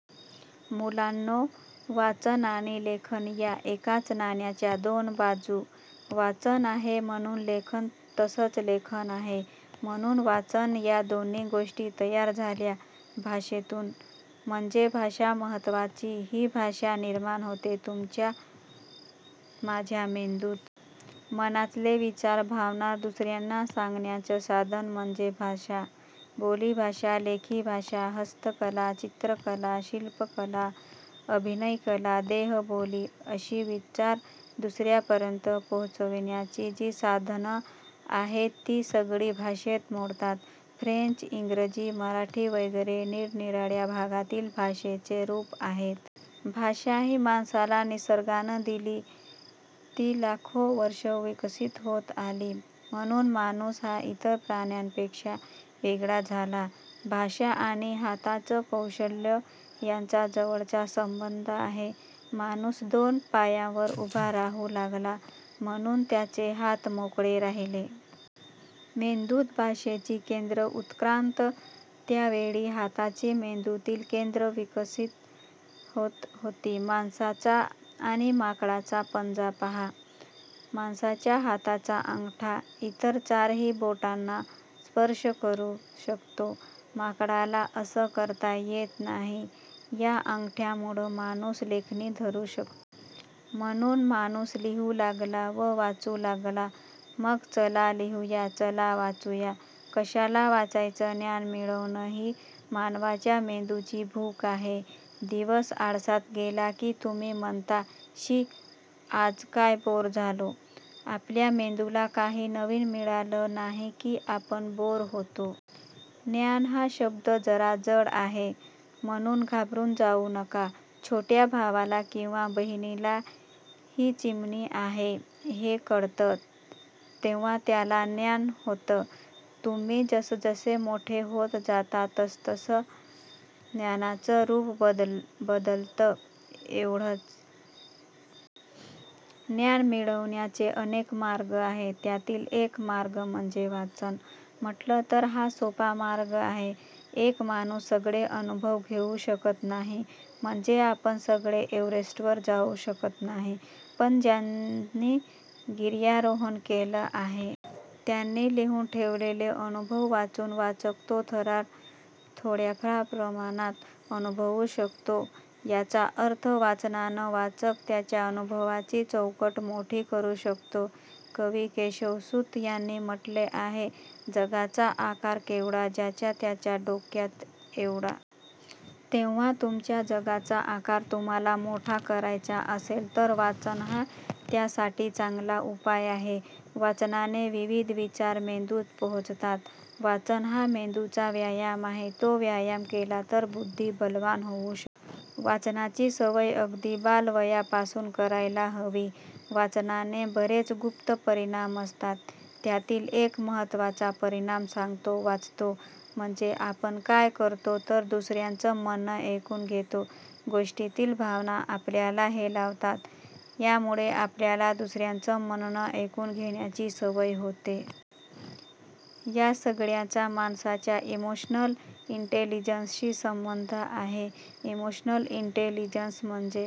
मुलांनो, वाचन आणि लेखन या एकाच नाण्याच्या दोन बाजू. वाचन आहे म्हणून लेखन तसंच लेखन आहे म्हणून वाचन. या दोन्ही गोष्टी तयार झाल्या भाषेतून. म्हणजे भाषा महत्त्वाची. ही भाषा निर्माण होते तुमच्या माझ्या मेंदूत. मनातले विचार, भावना दुसऱ्यांना सांगण्याचं साधन म्हणजे भाषा. बोलीभाषा, लेखीभाषा, हस्तकला, चित्रकला, शिल्पकला, अभिनयकला, देहबोली अशी विचार दुसऱ्यांपर्यंत पोहोचविण्याची जी साधनं आहेत ती सगळी भाषेत मोडतात. फ्रेंच, इंग्रजी, मराठी वगैरे निरनिराळ्या भागातील भाषेची रूपं आहेत. भाषा ही माणसाला निसर्गानं दिली. ती लाखो वर्षं विकसित होत आली म्हणून माणूस हा इतर प्राण्यांपेक्षा वेगळा झाला. भाषा आणि हातांचं कौशल्य यांचा जवळचा संबंध आहे. माणूस दोन पायांवर उभा राहू लागला म्हणून त्याचे हात मोकळे राहिले. मेंदूत भाषेची केंद्रं उत्क्रांत त्यावेळी हाताची मेंदूतील केंद्रं विकसित होत होती. माणसाचा आणि माकडांचा पंजा पहा. माणसाच्या हाताचा अंगठा इतर चारही बोटांना स्पर्श करू शकतो. माकडाला असं करता येत नाही. या अंगठ्यामुळे माणूस लेखणी धरू शकतो. म्हणून माणूस लिहू लागला व वाचू लागला. मग चला लिहूया चला वाचूया. कशाला वाचायचं ज्ञान मिळवणं ही मानवाच्या मेंदूची भूक आहे. दिवस आळसात गेला की तुम्ही म्हणता, 'शी; आज काय बोअर झालो' आपल्या मेंदूला काही नवीन मिळालं नाही की आपण बोअर होतो. 'ज्ञान' हा शब्द जरा जड आहे म्हणून घाबरून जाऊ नका. छोट्या भावाला किंवा बहिणीला ही चिमणी आहे हे कळतं तेव्हा त्याला ज्ञान होतं. तुम्ही जसजसे मोठे होत जाता तसतसं ज्ञानाचं रूप बदलतं एवढंच. ज्ञान मिळवण्याचे अनेक मार्ग आहेत त्यातील एक मार्ग म्हणजे वाचन. म्हटलं तर हा तसा सोपा मार्ग आहे. एक माणूस सगळे अनुभव घेऊ शकत नाही म्हणजे आपण सगळे एव्हरेस्टवर जाऊ शकत नाही. पण ज्यांनी गिर्यारोहण केलं आहे. त्यांनी लिहून ठेवलेले अनुभव वाचून वाचक तो थरार थोड्याफार प्रमाणात अनुभवू शकतो. याचा अर्थ वाचनानं वाचक त्याच्या अनुभवाची चौकट मोठी करू शकतो. कवी केशवसूत यांनी म्हटलं आहे 'जगाचा आकार केवढा/ ज्याच्या त्याच्या डोक्यात एवढा'. तेव्हा तुमच्या जगाचा आकार तुम्हाला मोठा करायचा असेल तर वाचन हा त्यासाठी चांगला उपाय आहे. वाचनाने विविध विचार मेंदूत पोहोचतात. वाचन हा मेंदूचा व्यायाम आहे. तो व्यायाम केला तर बुद्धी बलवान होऊ शकते. वाचनाची सवय अगदी बालवयापासून करायला हवी. वाचनाचे बरेच गुप्त परिणाम असतात. त्यातील एक महत्त्वाचा परिणाम सांगतो. वाचतो म्हणजे आपण काय करतो तर दुसऱ्याचं म्हणणं ऐकून घेतो. गोष्टीतील भावना आपल्याला हेलावतात. यामुळे आपल्याला दुसऱ्याचं म्हणणं ऐकून घेण्याची सवय होते. या सगळ्याचा माणसाच्या 'इमोशनल इंटेलिजन्सशी' संबंध आहे. इमोशनल इंटेलिजन्स म्हणजे